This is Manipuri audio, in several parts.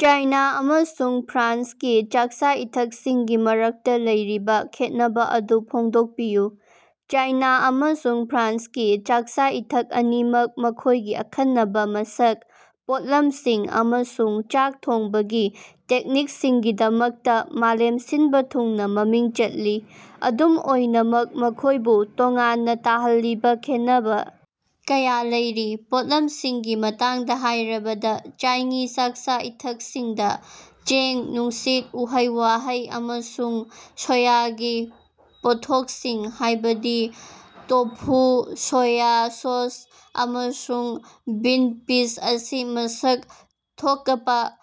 ꯆꯥꯏꯅ ꯑꯃꯁꯨꯡ ꯐ꯭ꯔꯥꯟꯁꯀꯤ ꯆꯥꯛꯆꯥ-ꯏꯊꯛꯁꯤꯡꯒꯤ ꯃꯔꯛꯇꯥ ꯂꯩꯔꯤꯕ ꯈꯦꯠꯅꯕ ꯑꯗꯨ ꯐꯣꯡꯗꯣꯛꯄꯤꯌꯨ꯫ ꯆꯥꯏꯅ ꯑꯃꯁꯨꯡ ꯐ꯭ꯔꯥꯟꯁꯀꯤ ꯆꯥꯛꯆꯥ-ꯏꯊꯛ ꯑꯅꯤꯃꯛ ꯃꯈꯣꯏꯒꯤ ꯑꯈꯟꯅꯕꯥ ꯃꯁꯛ, ꯄꯣꯠꯂꯝꯁꯤꯡ ꯑꯃꯁꯨꯡ ꯆꯥꯛ ꯊꯣꯡꯕꯒꯤ ꯇꯦꯛꯅꯤꯛꯁꯤꯡꯒꯤꯗꯃꯛꯇꯥ ꯃꯥꯂꯦꯝ ꯁꯤꯟꯕ ꯊꯨꯡꯅ ꯃꯃꯤꯡ ꯆꯠꯂꯤ꯫ ꯑꯗꯨꯝ ꯑꯣꯏꯅꯃꯛ ꯃꯈꯣꯏꯕꯨ ꯇꯣꯉꯥꯟꯅ ꯇꯥꯍꯜꯂꯤꯕ ꯈꯦꯟꯅꯕ ꯀꯌꯥ ꯂꯩꯔꯤ꯫ ꯄꯣꯠꯂꯝꯁꯤꯡꯒꯤ ꯃꯇꯥꯡꯗ ꯍꯥꯏꯔꯕꯗ, ꯆꯥꯏꯉꯤ ꯆꯥꯛꯆꯥ-ꯏꯊꯛꯁꯤꯡꯗꯥ ꯆꯦꯡ, ꯅꯨꯡꯁꯤꯠ, ꯎꯍꯩ-ꯋꯍꯩ, ꯑꯃꯁꯨꯡ ꯁꯣꯌꯒꯤ ꯄꯣꯠꯊꯣꯛꯁꯤꯡ ꯍꯥꯏꯕꯗꯤ ꯇꯣꯐꯨ, ꯁꯣꯌ ꯁꯣꯁ ꯑꯃꯁꯨꯡ ꯕꯤꯟ ꯄꯤꯁ ꯑꯁꯤ ꯃꯁꯛ ꯊꯣꯀꯄꯥ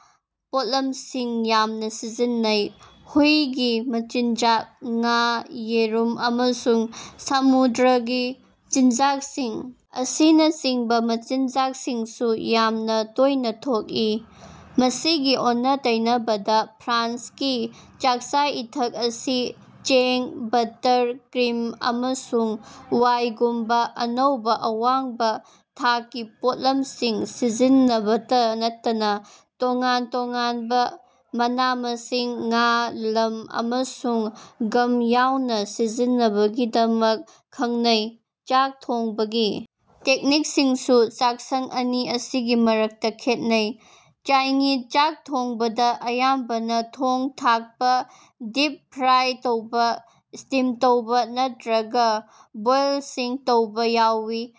ꯄꯣꯠꯂꯝꯁꯤꯡ ꯌꯥꯝꯅ ꯁꯤꯖꯤꯟꯅꯩ꯫ ꯍꯨꯏꯒꯤ ꯃꯆꯤꯟꯖꯥꯛ, ꯉꯥ, ꯌꯦꯔꯨꯝ, ꯑꯃꯁꯨꯡ ꯁꯃꯨꯗ꯭ꯔꯒꯤ ꯆꯤꯟꯖꯥꯛꯁꯤꯡ ꯑꯁꯤꯅꯆꯤꯡꯕ ꯃꯆꯤꯟꯖꯥꯛꯁꯤꯡꯁꯨ ꯌꯥꯝꯅ ꯇꯣꯏꯅ ꯊꯣꯛꯏ꯫ ꯃꯁꯤꯒꯤ ꯑꯣꯟꯅ-ꯇꯩꯅꯕꯗ, ꯐ꯭ꯔꯥꯟꯁꯀꯤ ꯆꯥꯛꯆꯥ-ꯏꯊꯛ ꯑꯁꯤ ꯆꯦꯡ, ꯕꯠꯇꯔ, ꯀ꯭ꯔꯤꯝ, ꯑꯃꯁꯨꯡ ꯋꯥꯏꯉꯨꯝꯕ ꯑꯅꯧꯕ, ꯑꯋꯥꯡꯕ ꯊꯥꯛꯀꯤ ꯄꯣꯠꯂꯝꯁꯤꯡ ꯁꯤꯖꯤꯟꯅꯕꯇ ꯅꯠꯇꯅ ꯇꯣꯉꯥꯟ ꯇꯣꯉꯥꯟꯕ ꯃꯅꯥ-ꯃꯁꯤꯡ, ꯉꯥ, ꯂꯝ, ꯑꯃꯁꯨꯡ ꯒꯝ ꯌꯥꯎꯅ ꯁꯤꯖꯤꯟꯅꯕꯒꯤꯗꯃꯛ ꯈꯪꯅꯩ꯫ ꯆꯥꯛ ꯊꯣꯡꯕꯒꯤ ꯇꯦꯛꯅꯤꯛꯁꯤꯡꯁꯨ ꯆꯥꯛꯁꯪ ꯑꯅꯤ ꯑꯁꯤꯒꯤ ꯃꯔꯛꯇꯥ ꯈꯦꯠꯅꯩ꯫ ꯆꯥꯏꯉꯤ ꯆꯥꯛ ꯊꯣꯡꯕꯗ ꯑꯌꯥꯝꯕꯅ ꯊꯣꯡ-ꯊꯥꯛꯄ, ꯗꯤꯞ-ꯐ꯭ꯔꯥꯏ ꯇꯧꯕ, ꯁ꯭ꯇꯤꯝ ꯇꯧꯕ ꯅꯠꯇ꯭ꯔꯒꯥ ꯕꯣꯏꯜꯁꯤꯡ ꯇꯧꯕ ꯌꯥꯎꯋꯤ,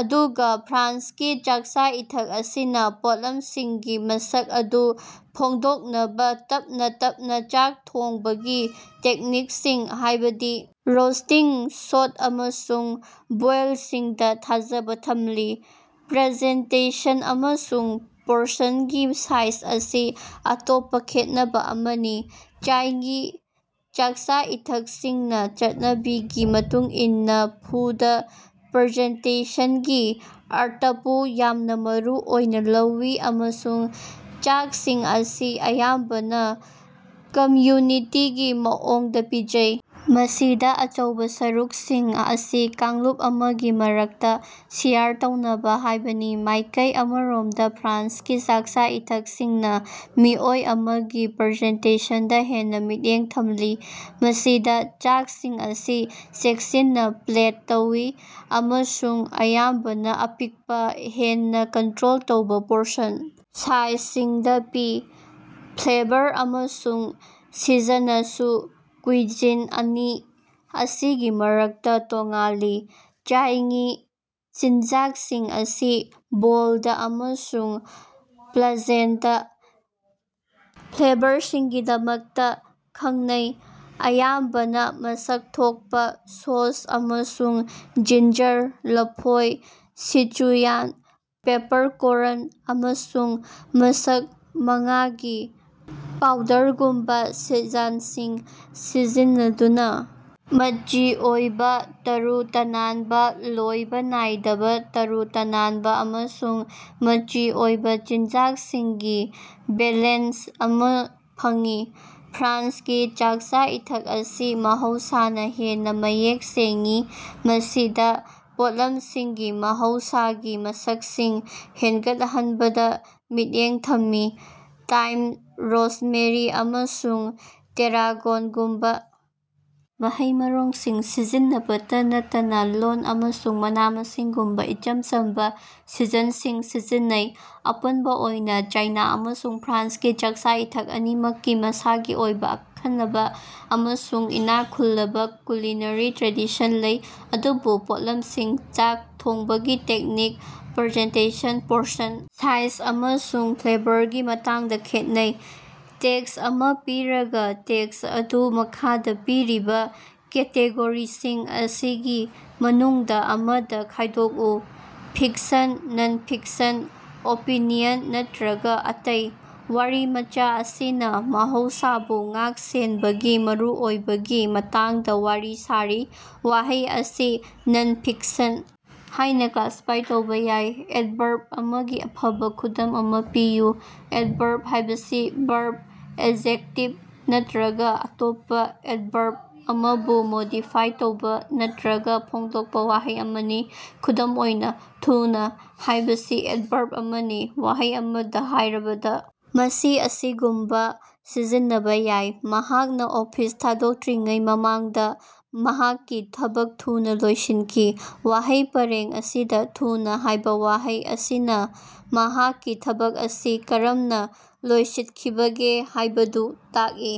ꯑꯗꯨꯒ ꯐ꯭ꯔꯥꯟꯁꯀꯤ ꯆꯥꯛꯆꯥ-ꯏꯊꯛ ꯑꯁꯤꯅ ꯄꯣꯠꯂꯝꯁꯤꯡꯒꯤ ꯃꯁꯛ ꯑꯗꯨ ꯐꯣꯡꯗꯣꯛꯅꯕ ꯇꯞꯅ ꯇꯞꯅ ꯆꯥꯛ ꯊꯣꯡꯕꯒꯤ ꯇꯦꯛꯅꯤꯛꯁꯤꯡ, ꯍꯥꯏꯕꯗꯤ ꯔꯣꯁꯇꯤꯡ, ꯁꯣꯠ ꯑꯃꯁꯨꯡ ꯕꯣꯏꯜꯁꯤꯡꯗ ꯊꯥꯖꯕ ꯊꯝꯂꯤ꯫ ꯄ꯭ꯔꯖꯦꯟꯇꯦꯁꯟ ꯑꯃꯁꯨꯡ ꯄꯣꯔꯁꯟꯒꯤ ꯁꯥꯏꯖ ꯑꯁꯤ ꯑꯇꯣꯞꯄ ꯈꯦꯠꯅꯕ ꯑꯃꯅꯤ꯫ ꯆꯥꯏꯒꯤ ꯆꯥꯛꯆꯥ-ꯏꯊꯛꯁꯤꯡꯅꯥ ꯆꯠꯅꯕꯤꯒꯤ ꯃꯇꯨꯡ ꯏꯟꯅꯥ ꯐꯨꯗꯥ ꯄ꯭ꯔꯖꯦꯟꯇꯦꯁꯟꯒꯤ ꯑꯥꯔꯇꯄꯨ ꯌꯥꯝꯅ ꯃꯔꯨ ꯑꯣꯏꯅ ꯂꯧꯏ ꯑꯃꯁꯨꯡ ꯆꯥꯛꯁꯤꯡ ꯑꯁꯤ ꯑꯌꯥꯝꯕꯅ ꯀꯝꯌꯨꯅꯤꯇꯤꯒꯤ ꯃꯑꯣꯡꯗ ꯄꯤꯖꯩ, ꯃꯁꯤꯗ ꯑꯆꯧꯕ ꯁꯔꯨꯛꯁꯤꯡ ꯑꯁꯤ ꯀꯥꯡꯂꯨꯞ ꯑꯃꯒꯤ ꯃꯔꯛꯇ ꯁꯤꯌꯔ ꯇꯧꯅꯕ ꯍꯥꯏꯕꯅꯤ꯫ ꯃꯥꯏꯀꯩ ꯑꯃꯔꯣꯝꯗꯥ ꯐ꯭ꯔꯥꯟꯁꯀꯤ ꯆꯥꯛꯆꯥ-ꯏꯊꯛꯁꯤꯡꯅ ꯃꯤꯑꯣꯏ ꯑꯃꯒꯤ ꯄꯔꯖꯦꯟꯇꯦꯁꯟꯗ ꯍꯦꯟꯅ ꯃꯤꯠꯌꯦꯡ ꯊꯝꯂꯤ, ꯃꯁꯤꯗ ꯆꯥꯛꯁꯤꯡ ꯑꯁꯤ ꯆꯦꯛꯁꯤꯟꯅ ꯄ꯭ꯂꯦꯠ ꯇꯧꯏ ꯑꯃꯁꯨꯡ ꯑꯌꯥꯝꯕꯅ ꯑꯄꯤꯛꯄ, ꯍꯦꯟꯅ ꯀꯟꯇ꯭ꯔꯣꯜ ꯇꯧꯕ ꯄꯣꯔꯁꯟ ꯁꯥꯏꯖꯁꯤꯡꯗ ꯄꯤ꯫ ꯐ꯭ꯂꯦꯕꯔ ꯑꯃꯁꯨꯡ ꯁꯤꯖꯅꯁꯨ ꯀꯨꯏꯖꯤꯟ ꯑꯅꯤ ꯑꯁꯤꯒꯤ ꯃꯔꯛꯇ ꯇꯣꯉꯥꯜꯂꯤ꯫ ꯆꯥꯏꯉꯤ ꯆꯤꯟꯖꯥꯛꯁꯤꯡ ꯑꯁꯤ ꯕꯣꯜꯗ ꯑꯃꯁꯨꯡ ꯄ꯭ꯂꯥꯖꯦꯟꯇꯥ ꯐ꯭ꯂꯦꯕꯔꯁꯤꯡꯒꯤꯗꯃꯛꯇ ꯈꯪꯅꯩ, ꯑꯌꯥꯝꯕꯅ ꯃꯁꯛ ꯊꯣꯛꯄꯥ, ꯁꯣꯁ, ꯑꯃꯁꯨꯡ ꯖꯤꯟꯖꯥꯔ, ꯂꯐꯣꯏ, ꯁꯤꯆꯨꯌꯥꯟ ꯄꯦꯄꯔꯀꯣꯔꯟ, ꯑꯃꯁꯨꯡ ꯃꯁꯛ ꯃꯉꯥꯒꯤ ꯄꯥꯎꯗꯔꯒꯨꯝꯕ ꯁꯤꯖꯟꯁꯤꯡ ꯁꯤꯖꯤꯟꯅꯗꯨꯅ ꯃꯆꯤ ꯑꯣꯏꯕ, ꯇꯔꯨ ꯇꯅꯥꯟꯕ, ꯂꯣꯏꯕ ꯅꯥꯏꯗꯕ, ꯇꯔꯨ ꯇꯅꯥꯟꯕ ꯑꯃꯁꯨꯡ ꯃꯆꯤ ꯑꯣꯏꯕ ꯆꯤꯟꯖꯥꯛꯁꯤꯡꯒꯤ ꯕꯦꯂꯦꯟꯁ ꯑꯃ ꯐꯪꯏ꯫ ꯐ꯭ꯔꯥꯟꯁꯀꯤ ꯆꯥꯛꯆꯥ-ꯏꯊꯛ ꯑꯁꯤ ꯃꯍꯧꯁꯥꯅ ꯍꯦꯟꯅ ꯃꯌꯦꯛ ꯁꯦꯡꯏ, ꯃꯁꯤꯗ ꯄꯣꯠꯂꯝꯁꯤꯡꯒꯤ ꯃꯍꯧꯁꯥꯒꯤ ꯃꯁꯛꯁꯤꯡ ꯍꯦꯟꯒꯠꯍꯟꯕꯗ ꯃꯤꯠꯌꯦꯡ ꯊꯝꯃꯤ, ꯇꯥꯏꯝ, ꯔꯣꯁꯃꯦꯔꯤ, ꯑꯃꯁꯨꯡ ꯇꯦꯔꯥꯒꯣꯟꯒꯨꯝꯕ ꯃꯍꯩ-ꯃꯔꯣꯡꯁꯤꯡ ꯁꯤꯖꯤꯟꯅꯕꯇ ꯅꯠꯇꯅ ꯂꯣꯟ ꯑꯃꯁꯨꯡ ꯃꯅꯥ-ꯃꯁꯤꯡꯒꯨꯝꯕꯥ ꯏꯆꯝ ꯆꯝꯕ ꯁꯤꯖꯟꯁꯤꯡ ꯁꯤꯖꯤꯟꯅꯩ꯫ ꯑꯄꯨꯟꯕ ꯑꯣꯏꯅ ꯆꯥꯏꯅ ꯑꯃꯁꯨꯡ ꯐ꯭ꯔꯥꯟꯁꯀꯤ ꯆꯥꯛꯆꯥ-ꯏꯊꯛ ꯑꯅꯤꯃꯛꯀꯤ ꯃꯁꯥꯒꯤ ꯑꯣꯏꯕ ꯑꯈꯟꯅꯕ ꯑꯃꯁꯨꯡ ꯏꯅꯥꯛ ꯈꯨꯜꯂꯕ ꯀꯨꯂꯤꯅꯔꯤ ꯇ꯭ꯔꯦꯗꯤꯁꯟ ꯂꯩ, ꯑꯗꯨꯕꯨ ꯄꯣꯠꯂꯝꯁꯤꯡ, ꯆꯥꯛ ꯊꯣꯡꯕꯒꯤ ꯇꯦꯛꯅꯤꯛ, ꯄꯔꯖꯦꯟꯇꯦꯁꯟ, ꯄꯣꯔꯁꯟ ꯁꯥꯏꯖ ꯑꯃꯁꯨꯡ ꯐ꯭ꯂꯦꯕꯔꯒꯤ ꯃꯇꯥꯡꯗ ꯈꯦꯠꯅꯩ꯫ ꯇꯦꯛꯁ ꯑꯃ ꯄꯤꯔꯒ, ꯇꯦꯛꯁ ꯑꯗꯨ ꯃꯈꯥꯗ ꯄꯤꯔꯤꯕ ꯀꯦꯇꯦꯒꯣꯔꯤꯁꯤꯡ ꯑꯁꯤꯒꯤ ꯃꯅꯨꯡꯗ ꯑꯃꯗ ꯈꯥꯏꯗꯣꯛꯎ: ꯐꯤꯛꯁꯟ, ꯅꯟ-ꯐꯤꯛꯁꯟ, ꯑꯣꯄꯤꯅꯤꯌꯟ ꯅꯠꯇ꯭ꯔꯒ ꯑꯇꯩ꯫ ꯋꯔꯤꯃꯆꯥ ꯑꯁꯤꯅ ꯃꯍꯧꯁꯥꯕꯨ ꯉꯥꯛ-ꯁꯦꯟꯕꯒꯤ ꯃꯔꯨꯑꯣꯏꯕꯒꯤ ꯃꯇꯥꯡꯗ ꯋꯔꯤ ꯁꯥꯔꯤ꯫ ꯋꯍꯩ ꯑꯁꯤ "ꯅꯟ-ꯐꯤꯛꯁꯟ" ꯍꯥꯏꯅ ꯀ꯭ꯂꯥꯁꯤꯐꯥꯏ ꯇꯧꯕ ꯌꯥꯏ꯫ ꯑꯦꯗꯚꯔꯕ ꯑꯃꯒꯤ ꯑꯐꯕꯥ ꯈꯨꯗꯝ ꯑꯃꯥ ꯄꯤꯌꯨ꯫ ꯑꯦꯗꯚꯔꯕ ꯍꯥꯏꯕꯁꯤ ꯕꯔꯕ, ꯑꯦꯖꯦꯛꯇꯤꯚ ꯅꯠꯇ꯭ꯔꯒ ꯑꯇꯣꯞꯄ ꯑꯦꯗꯚꯔꯕ ꯑꯃꯕꯨ ꯃꯣꯗꯤꯐꯥꯏ ꯇꯧꯕ ꯅꯠꯇ꯭ꯔꯒ ꯐꯣꯡꯗꯣꯛꯄ ꯋꯍꯩ ꯑꯃꯅꯤ꯫ ꯈꯨꯗꯝ ꯑꯣꯏꯅꯥ, "ꯊꯨꯅꯥ" ꯍꯥꯏꯕꯁꯤ ꯑꯦꯗꯚꯔꯕ ꯑꯃꯅꯤ꯫ ꯋꯍꯩ ꯑꯃꯗ ꯍꯥꯏꯔꯕꯗ, ꯃꯁꯤ ꯑꯁꯤꯒꯨꯝꯅ ꯁꯤꯖꯤꯟꯅꯕ ꯌꯥꯏ: "ꯃꯍꯥꯛꯅ ꯑꯣꯐꯤꯁ ꯊꯗꯣꯛꯇ꯭ꯔꯤꯉꯩ ꯃꯃꯥꯡꯗ ꯃꯍꯥꯛꯀꯤ ꯊꯕꯛ ꯊꯨꯅ ꯂꯣꯏꯁꯤꯟꯈꯤ꯫" ꯋꯍꯩ ꯄꯔꯦꯡ ꯑꯁꯤꯗ "ꯊꯨꯅ" ꯍꯥꯏꯕ ꯋꯍꯩ ꯑꯁꯤꯅ ꯃꯍꯥꯛꯀꯤ ꯊꯕꯛ ꯑꯁꯤ ꯀꯔꯝꯅ ꯂꯣꯏꯁꯤꯠꯈꯤꯕꯒꯦ ꯍꯥꯏꯕꯗꯨ ꯇꯥꯛꯏ꯫